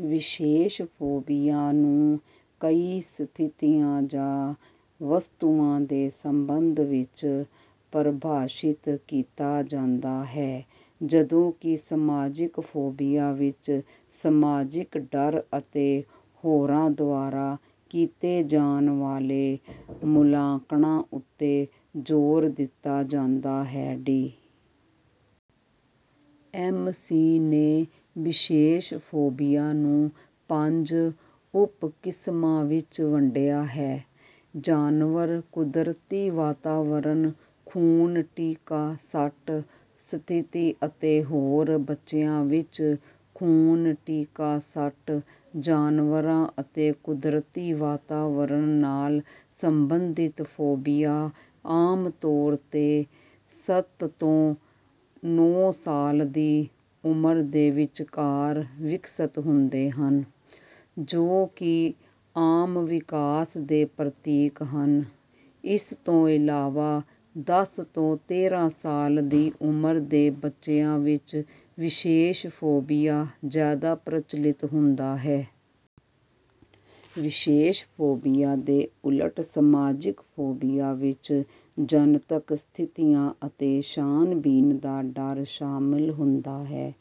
ਵਿਸ਼ੇਸ਼ ਫੋਬੀਆ ਨੂੰ ਕਈ ਸਥਿਤੀਆਂ ਜਾਂ ਵਸਤੂਆਂ ਦੇ ਸਬੰਧ ਵਿੱਚ ਪਰਿਭਾਸ਼ਿਤ ਕੀਤਾ ਜਾਂਦਾ ਹੈ, ਜਦੋਂ ਕਿ ਸਮਾਜਿਕ ਫੋਬੀਆ ਵਿੱਚ ਸਮਾਜਿਕ ਡਰ ਅਤੇ ਹੋਰਾਂ ਦੁਆਰਾ ਕੀਤੇ ਜਾਣ ਵਾਲੇ ਮੁਲਾਂਕਣਾਂ ਉੱਤੇ ਜ਼ੋਰ ਦਿੱਤਾ ਜਾਂਦਾ ਹੈ। ਡੀ ਐਮ ਸੀ ਨੇ ਵਿਸ਼ੇਸ਼ ਫੋਬੀਆ ਨੂੰ ਪੰਜ ਉਪ-ਕਿਸਮਾਂ ਵਿੱਚ ਵੰਡਿਆ ਹੈ: ਜਾਨਵਰ, ਕੁਦਰਤੀ ਵਾਤਾਵਰਣ, ਖੂਨ-ਟੀਕਾ-ਸੱਟ, ਸਥਿਤੀ ਅਤੇ ਹੋਰ। ਬੱਚਿਆਂ ਵਿੱਚ ਖੂਨ-ਟੀਕਾ-ਸੱਟ, ਜਾਨਵਰਾਂ ਅਤੇ ਕੁਦਰਤੀ ਵਾਤਾਵਰਣ ਨਾਲ ਸੰਬੰਧਿਤ ਫੋਬੀਆ ਆਮ ਤੌਰ 'ਤੇ ਸੱਤ ਤੋਂ ਨੌਂ ਸਾਲ ਦੀ ਉਮਰ ਦੇ ਵਿਚਕਾਰ ਵਿਕਸਤ ਹੁੰਦੇ ਹਨ, ਜੋ ਕਿ ਆਮ ਵਿਕਾਸ ਦੇ ਪ੍ਰਤੀਕ ਹਨ; ਇਸ ਤੋਂ ਇਲਾਵਾ, ਦਸ ਤੋਂ ਤੇਰਾਂ ਸਾਲ ਦੀ ਉਮਰ ਦੇ ਬੱਚਿਆਂ ਵਿੱਚ ਵਿਸ਼ੇਸ਼ ਫੋਬੀਆ ਜ਼ਿਆਦਾ ਪ੍ਰਚਲਿਤ ਹੁੰਦਾ ਹੈ। ਵਿਸ਼ੇਸ਼ ਫੋਬੀਆ ਦੇ ਉਲਟ, ਸਮਾਜਿਕ ਫੋਬੀਆ ਵਿੱਚ ਜਨਤਕ ਸਥਿਤੀਆਂ ਅਤੇ ਛਾਣਬੀਣ ਦਾ ਡਰ ਸ਼ਾਮਲ ਹੁੰਦਾ ਹੈ,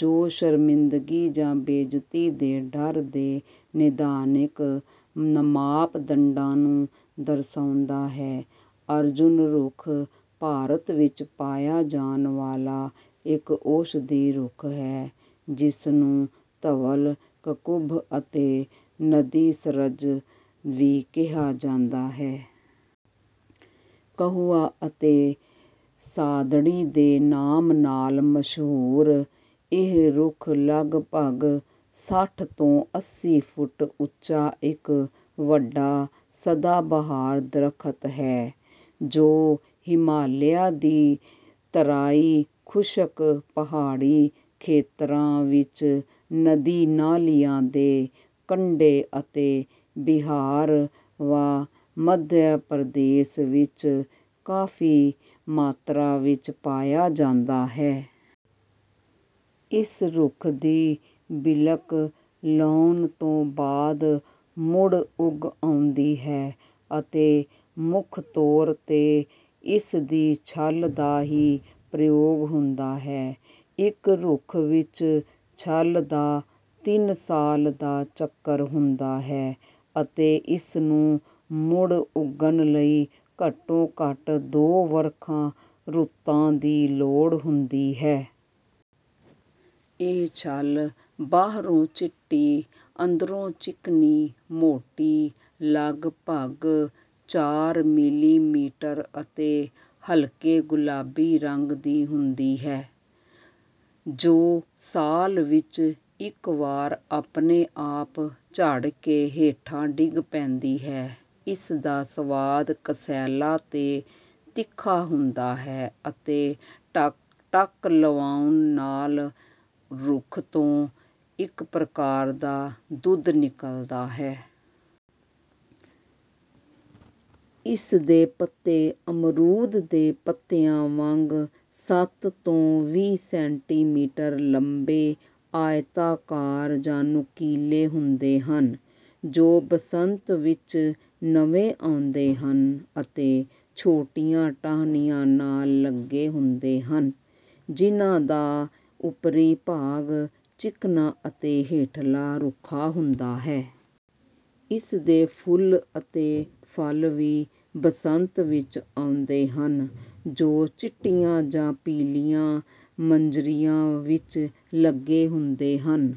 ਜੋ ਸ਼ਰਮਿੰਦਗੀ ਜਾਂ ਬੇਇੱਜ਼ਤੀ ਦੇ ਡਰ ਦੇ ਨਿਦਾਨਿਕ ਮਾਪਦੰਡਾਂ ਨੂੰ ਦਰਸਾਉਂਦਾ ਹੈ। ਅਰਜੁਨ ਰੁੱਖ ਭਾਰਤ ਵਿੱਚ ਪਾਇਆ ਜਾਣ ਵਾਲਾ ਇੱਕ ਔਸ਼ਧੀ ਰੁੱਖ ਹੈ, ਜਿਸਨੂੰ ਘਵਲ, ਕਕੁਭ ਅਤੇ ਨਦੀਸਰਜ ਵੀ ਕਿਹਾ ਜਾਂਦਾ ਹੈ। ਕਹੁਆ ਅਤੇ ਸਾਦੜੀ ਦੇ ਨਾਮ ਨਾਲ ਮਸ਼ਹੂਰ ਇਹ ਰੁੱਖ ਲਗਭਗ ਸੱਠ ਤੋਂ ਅੱਸੀਂ ਫੁੱਟ ਉੱਚਾ ਇੱਕ ਵੱਡਾ ਸਦਾਬਹਾਰ ਦਰਖਤ ਹੈ, ਜੋ ਹਿਮਾਲਿਆ ਦੀ ਤਰਾਈ, ਖੁਸ਼ਕ ਪਹਾੜੀ ਖੇਤਰਾਂ ਵਿੱਚ ਨਦੀ-ਨਾਲਿਆਂ ਦੇ ਕੰਢੇ ਅਤੇ ਬਿਹਾਰ ਵਾ ਮੱਧ ਪ੍ਰਦੇਸ਼ ਵਿੱਚ ਕਾਫ਼ੀ ਮਾਤਰਾ ਵਿੱਚ ਪਾਇਆ ਜਾਂਦਾ ਹੈ। ਇਸ ਰੁੱਖ ਦੀ ਬਿਲਕ ਲਾਹੁਣ ਤੋਂ ਬਾਅਦ ਮੁੜ ਉੱਗ ਆਉਂਦੀ ਹੈ ਅਤੇ ਮੁੱਖ ਤੌਰ 'ਤੇ ਇਸ ਦੀ ਛੱਲ ਦਾ ਹੀ ਪ੍ਰਯੋਗ ਹੁੰਦਾ ਹੈ; ਇੱਕ ਰੁੱਖ ਵਿੱਚ ਛੱਲ ਦਾ ਤਿੰਨ ਸਾਲ ਦਾ ਚੱਕਰ ਹੁੰਦਾ ਹੈ ਅਤੇ ਇਸਨੂੰ ਮੁੜ ਉੱਗਣ ਲਈ ਘੱਟੋ-ਘੱਟ ਦੋ ਵਰਖਾ ਰੁੱਤਾਂ ਦੀ ਲੋੜ ਹੁੰਦੀ ਹੈ। ਇਹ ਛੱਲ ਬਾਹਰੋਂ ਚਿੱਟੀ, ਅੰਦਰੋਂ ਚਿਕਨੀ, ਮੋਟੀ ਲਗਭਗਚਾਰਮਿਲੀਮੀਟਰ ਅਤੇ ਹਲਕੇ ਗੁਲਾਬੀ ਰੰਗ ਦੀ ਹੁੰਦੀ ਹੈ, ਜੋ ਸਾਲ ਵਿੱਚ ਇੱਕ ਵਾਰ ਆਪਣੇ ਆਪ ਝੜ ਕੇ ਹੇਠਾਂ ਡਿੱਗ ਪੈਂਦੀ ਹੈ। ਇਸ ਦਾ ਸਵਾਦ ਕਸੈਲਾ ਤੇ ਤਿੱਖਾ ਹੁੰਦਾ ਹੈ ਅਤੇ ਟੱਕ ਲਗਾਉਣ ਨਾਲ ਰੁੱਖ ਤੋਂ ਇੱਕ ਪ੍ਰਕਾਰ ਦਾ ਦੁੱਧ ਨਿਕਲਦਾ ਹੈ। ਇਸ ਦੇ ਪੱਤੇ ਅਮਰੂਦ ਦੇ ਪੱਤਿਆਂ ਵਾਂਗ ਸੱਤ ਤੋਂ ਵੀਹ ਸੈਂਟੀਮੀਟਰ ਲੰਬੇ ਆਇਤਾਕਾਰ ਜਾਂ ਨੁਕੀਲੇ ਹੁੰਦੇ ਹਨ, ਜੋ ਬਸੰਤ ਵਿੱਚ ਨਵੇਂ ਆਉਂਦੇ ਹਨ ਅਤੇ ਛੋਟੀਆਂ ਟਾਹਣੀਆਂ ਨਾਲ ਲੱਗੇ ਹੁੰਦੇ ਹਨ; ਜਿਨ੍ਹਾਂ ਦਾ ਉੱਪਰੀ ਭਾਗ ਚਿਕਨਾ ਅਤੇ ਹੇਠਲਾ ਰੁੱਖਾ ਹੁੰਦਾ ਹੈ। ਇਸ ਦੇ ਫੁੱਲ ਅਤੇ ਫਲ ਵੀ ਬਸੰਤ ਵਿੱਚ ਆਉਂਦੇ ਹਨ, ਜੋ ਚਿੱਟੀਆਂ ਜਾਂ ਪੀਲੀਆਂ ਮੰਜਰੀਆਂ ਵਿੱਚ ਲੱਗੇ ਹੁੰਦੇ ਹਨ।